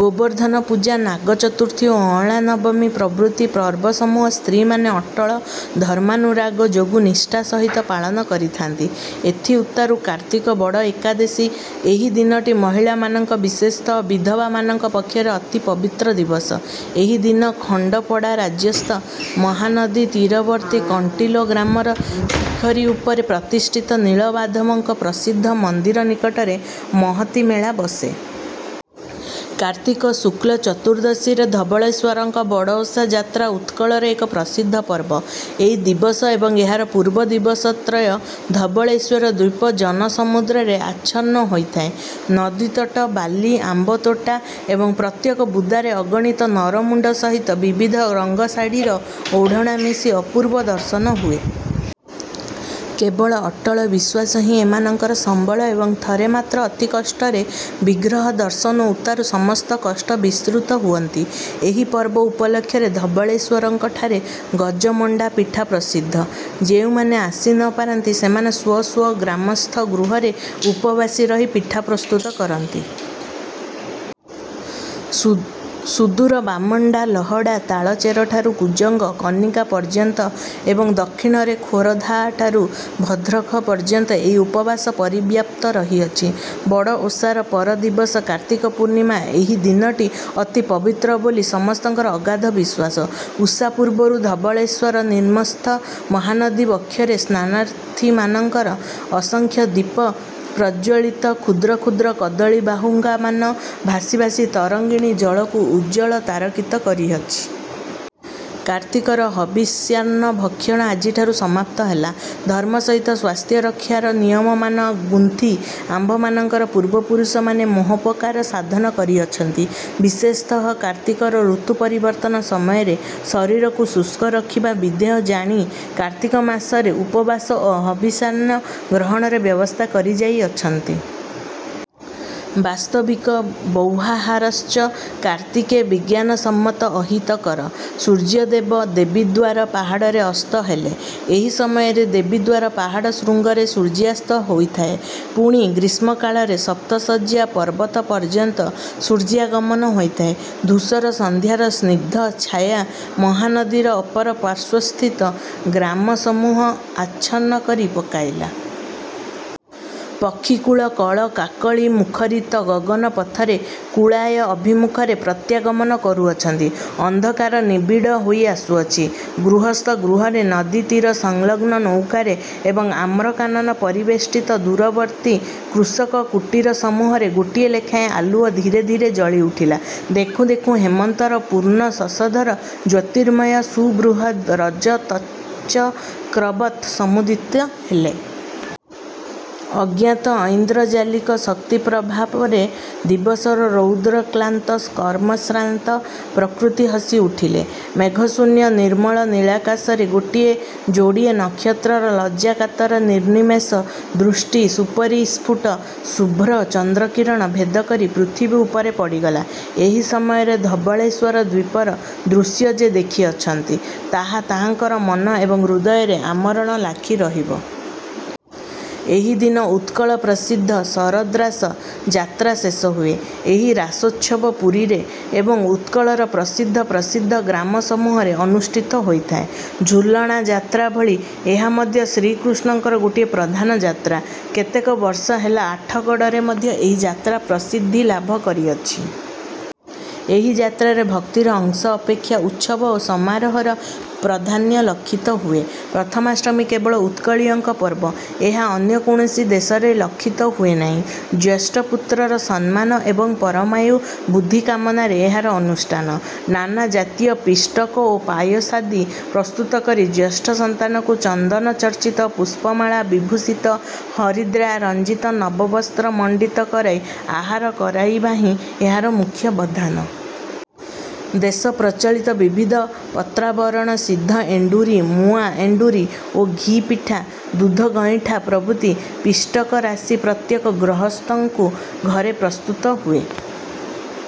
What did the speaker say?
ଗୋବର୍ଦ୍ଧନପୂଜା, ନାଗଚତୁର୍ଥୀ ଓ ଅଁଳାନବମୀ ପ୍ରଭୃତି ପର୍ବସମୂହ ସ୍ତ୍ରୀମାନେ ଅଟଳ ଧର୍ମାନୁରାଗ ଯୋଗୁଁ ନିଷ୍ଠା ସହିତ ପାଳନ କରିଥାନ୍ତି। ଏଥିଉତ୍ତାରୁ କାର୍ତ୍ତିକ ବଡ଼ ଏକାଦଶୀ। ଏହି ଦିନଟି ମହିଳାମାନଙ୍କ, ବିଶେଷତଃ ବିଧବାମାନଙ୍କ ପକ୍ଷରେ ଅତି ପବିତ୍ର ଦିବସ। ଏହି ଦିନ ଖଣ୍ଡପଡ଼ାରାଜ୍ୟସ୍ଥ ମହାନଦୀତୀରବର୍ତ୍ତୀ କଣ୍ଟିଲୋ ଗ୍ରାମର ଶିଖରୀ ଉପରେ ପ୍ରତିଷ୍ଠିତ ନୀଳମାଧବଙ୍କ ପ୍ରସିଦ୍ଧ ମନ୍ଦିର ନିକଟରେ ମହତୀ ମେଳା ବସେ। କାର୍ତ୍ତିକ ଶୁକ୍ଳ ଚତୁର୍ଦଶୀରେ ଧବଳେଶ୍ୱରଙ୍କ ବଡ଼ଓଷା ଯାତ୍ରା ଉତ୍କଳର ଏକ ପ୍ରସିଦ୍ଧ ପର୍ବ-। ଏହି ଦିବସ ଏବଂ ଏହାର ପୂର୍ବ ଦିବସତ୍ରୟ ଧବଳେଶ୍ୱର ଦ୍ୱୀପ ଜନସମୁଦ୍ରରେ ଆଚ୍ଛନ୍ନ ହୋଇଥାଏ। ନଦୀତଟ, ବାଲି, ଆମ୍ୱତୋଟା ଏବଂ ପ୍ରତ୍ୟେକ ବୁଦାରେ ଅଗଣିତ ନର-ମୁଣ୍ଡ ସହିତ ବିବିଧ ରଙ୍ଗ ଶାଢ଼ୀର ଓଢ଼ଣା ମିଶି ଅପୂର୍ବ ଦର୍ଶନ ହୁଏ। କେବଳ ଅଟଳ ବିଶ୍ୱାସ ହିଁ ଏମାନଙ୍କର ସମ୍ୱଳ ଏବଂ ଥରେ ମାତ୍ର ଅତି କଷ୍ଟରେ ବିଗ୍ରହ ଦର୍ଶନ ଉତ୍ତାରୁ ସମସ୍ତ କଷ୍ଟ ବିସ୍ମୃତ ହୁଅନ୍ତି। ଏହି ପର୍ବ ଉପଲକ୍ଷରେ ଧବଳେଶ୍ୱରଙ୍କଠାରେ ଗଜମଣ୍ଡା ପିଠା ପ୍ରସିଦ୍ଧ। ଯେଉଁମାନେ ଆସି ନ ପାରନ୍ତି, ସେମାନେ ସ୍ୱ ସ୍ୱ ଗ୍ରାମସ୍ଥ ଗୃହରେ ଉପବାସୀ ରହି ପିଠା ପ୍ରସ୍ତୁତ କରନ୍ତି। ସୁ ସୁଦୂର ବାମଣ୍ଡା, ଲହଡ଼ା, ତାଳଚେରଠାରୁ କୁଜଙ୍ଗ, କନିକା ପର୍ଯ୍ୟନ୍ତ ଏବଂ ଦକ୍ଷିଣରେ ଖୋରଧାଠାରୁ ଭଦ୍ରଖ ପର୍ଯ୍ୟନ୍ତ ଏହି ଉପବାସ ପରିବ୍ୟାପ୍ତ ରହିଅଛି। ବଡ଼ଓଷାର ପର ଦିବସ କାର୍ତ୍ତିକ ପୂର୍ଣ୍ଣିମା। ଏହି। ଦିନଟି ଅତି ପବିତ୍ର ବୋଲି ସମସ୍ତଙ୍କର ଅଗାଧ ବିଶ୍ୱାସ। ଉଷା ପୂର୍ବରୁ ଧବଳେଶ୍ୱର ନିମ୍ନସ୍ଥ ମହାନଦୀ ବକ୍ଷରେ ସ୍ନାନାର୍ଥିମାନଙ୍କର ଅସଂଖ୍ୟ ଦୀପ ପ୍ରଜ୍ୱଳିତ କ୍ଷୁଦ୍ର କ୍ଷୁଦ୍ର କଦଳୀବାହୁଙ୍ଗାମାନ ଭାସି ଭାସି ତରଙ୍ଗିଣୀ ଜଳକୁ ଉଜ୍ଜ୍ୱଳ ତାରକିତ କରିଅଛି। କାର୍ତ୍ତିକର ହବିଷ୍ୟାନ୍ନଭକ୍ଷଣ ଆଜିଠାରୁ ସମାପ୍ତ ହେଲା। ଧର୍ମ ସହିତ ସ୍ୱାସ୍ଥ୍ୟରକ୍ଷାର ନିୟମମାନ ଗୁନ୍ଥି ଆମ୍ଭମାନଙ୍କର ପୂର୍ବପୁରୁଷମାନେ ମହୋପକାର ସାଧନ କରିଅଛନ୍ତି। ବିଶେଷତଃ କାର୍ତ୍ତିକର ଋତୁ ପରିବର୍ତ୍ତନ ସମୟରେ ଶରୀରକୁ ଶୁଷ୍କ ରଖିବା ବିଧେୟ ଜାଣି, କାର୍ତ୍ତିକ ମାସରେ ଉପବାସ ଓ ହବିଷ୍ୟାନ୍ନ ଗ୍ରହଣର ବ୍ୟବସ୍ଥା କରି ଯାଇଅଛନ୍ତି। ବାସ୍ତବିକ ବହ୍ୱାହାରଶ୍ଚ କାର୍ତ୍ତିକେ ବିଜ୍ଞାନସମ୍ମତ ଅହିତକର। ସୂର୍ଯ୍ୟଦେବ ଦେବୀଦ୍ୱାର ପାହାଡ଼ରେ ଅସ୍ତ ହେଲେ। ଏହି ସମୟରେ ଦେବୀଦ୍ୱାର ପାହାଡ଼ ଶୃଙ୍ଗରେ ସୂର୍ଯ୍ୟାସ୍ତ ହୋଇଥାଏ। ପୁଣି ଗ୍ରୀଷ୍ମକାଳରେ ସପ୍ତଶଯ୍ୟା ପର୍ବତ ପର୍ଯ୍ୟନ୍ତ ସୂର୍ଯ୍ୟାଗମନ ହୋଇଥାଏ। ଧୂସର ସନ୍ଧ୍ୟାର ସ୍ନିଗ୍ଧ ଛାୟା ମହାନଦୀର ଅପର ପାର୍ଶ୍ୱସ୍ଥିତ ଗ୍ରାମସମୂହ ଆଚ୍ଛନ୍ନ କରି ପକାଇଲା। ପକ୍ଷିକୁଳ କଳ କାକଳିମୁଖରିତ ଗଗନପଥରେ କୁଳାୟ ଅଭିମୁଖରେ ପ୍ରତ୍ୟାଗମନ କରୁଅଛନ୍ତି, ଅନ୍ଧକାର ନିବିଡ଼ ହୋଇ ଆସୁଅଛି। ଗୃହସ୍ଥ ଗୃହରେ, ନଦୀତୀରସଂଲଗ୍ନ ନୌକାରେ ଏବଂ ଆମ୍ରକାନନ ପରିବେଷ୍ଟିତ ଦୂରବର୍ତ୍ତୀ କୃଷକ କୁଟୀରସମୂହରେ ଗୋଟିଏ ଲେଖାଏଁ ଆଲୁଅ ଧୀରେ ଧୀରେ ଜଳି ଉଠିଲା। ଦେଖୁଁ ଦେଖୁଁ ହେମନ୍ତର ପୂର୍ଣ୍ଣ ଶଶଧର ଜ୍ୟୋତିର୍ମୟ ସୁବୃହତ୍ ରଜତଚକ୍ରବତ୍ ସମୁଦିତ ହେଲେ। ଅଜ୍ଞାତ ଐନ୍ଦ୍ରଜାଲିକ ଶକ୍ତିପ୍ରଭାବରେ ଦିବସର ରୌଦ୍ରକ୍ଳାନ୍ତ, କର୍ମଶ୍ରାନ୍ତ ପ୍ରକୃତି ହସି ଉଠିଲେ। ମେଘଶୂନ୍ୟ ନିର୍ମଳ ନୀଳାକାଶରେ ଗୋଟିଏ ଯୋଡ଼ିଏ ନକ୍ଷତ୍ରର ଲଜ୍ଜାକାତର ନିର୍ନିମେଷ ଦୃଷ୍ଟି ସୁପରିସ୍ଫୁଟ ଶୁଭ୍ର ଚନ୍ଦ୍ରକିରଣ ଭେଦ କରି ପୃଥିବୀ ଉପରେ ପଡ଼ିଗଲା। ଏହି ସମୟରେ ଧବଳେଶ୍ୱର ଦ୍ୱୀପର ଦୃଶ୍ୟ ଯେ ଦେଖିଅଛନ୍ତି, ତାହା ତାହାଙ୍କର ମନ ଏବଂ ହୃଦୟରେ ଆମରଣ ଲାଖି ରହିବ। ଏହି ଦିନ ଉତ୍କଳପ୍ରସିଦ୍ଧ ଶରଦ୍ରାସ ଯାତ୍ରା ଶେଷ ହୁଏ। ଏହି ରାସୋତ୍ସବ ପୁରୀରେ ଏବଂ ଉତ୍କଳର ପ୍ରସିଦ୍ଧ ପ୍ରସିଦ୍ଧ ଗ୍ରାମସମୂହରେ ଅନୁଷ୍ଠିତ ହୋଇଥାଏ। ଝୁଲଣା ଯାତ୍ରା ଭଳି ଏହା ମଧ୍ୟ ଶ୍ରୀକୃଷ୍ଣଙ୍କର ଗୋଟିଏ ପ୍ରଧାନ ଯାତ୍ରା। କେତେକ ବର୍ଷ ହେଲା ଆଠଗଡ଼ରେ ମଧ୍ୟ ଏହି ଯାତ୍ରା ପ୍ରସିଦ୍ଧି ଲାଭ କରିଅଛି। ଏହି ଯାତ୍ରାରେ ଭକ୍ତିର ଅଂଶ ଅପେକ୍ଷା ଉତ୍ସବ ଓ ସମାରୋହର ପ୍ରଧାନ୍ୟ ଲକ୍ଷିତ ହୁଏ। ପ୍ରଥମାଷ୍ଟମୀ କେବଳ ଉତ୍କଳୀୟଙ୍କ ପର୍ବ। ଏହା ଅନ୍ୟ କୌଣସି ଦେଶରେ ଲକ୍ଷିତ ହୁଏ ନାହିଁ। ଜ୍ୟେଷ୍ଠ ପୁତ୍ରର ସମ୍ମାନ ଏବଂ ପରମାୟୁ ବୁଦ୍ଧି କାମନାରେ ଏହାର ଅନୁଷ୍ଠାନ। ନାନା ଜାତୀୟ ପିଷ୍ଟକ ଓ ପାୟସାଦି ପ୍ରସ୍ତୁତ କରି ଜ୍ୟେଷ୍ଠ ସନ୍ତାନକୁ ଚନ୍ଦନଚର୍ଚ୍ଚିତ, ପୁଷ୍ପମାଳା ବିଭୂଷିତ, ହରିଦ୍ରା ରଞ୍ଜିତ ନବବସ୍ତ୍ର ମଣ୍ଡିତ କରାଇ ଆହାର କରାଇବାହିଁ ଏହାର ମୁଖ୍ୟ ବଧାନ। ଦେଶପ୍ରଚଳିତ ବିବିଧ ପତ୍ରାବରଣ-ସିଦ୍ଧ ଏଣ୍ଡୁରି, ମୁଆଁ ଏଣ୍ଡୁରି ଓ ଘି ପିଠା, ଦୁଧଗଇଁଠା ପ୍ରଭୃତି ପିଷ୍ଟକରାଶି ପ୍ରତ୍ୟେକ ଗ୍ରହସ୍ଥଙ୍କ ଘରେ ପ୍ରସ୍ତୁତ ହୁଏ।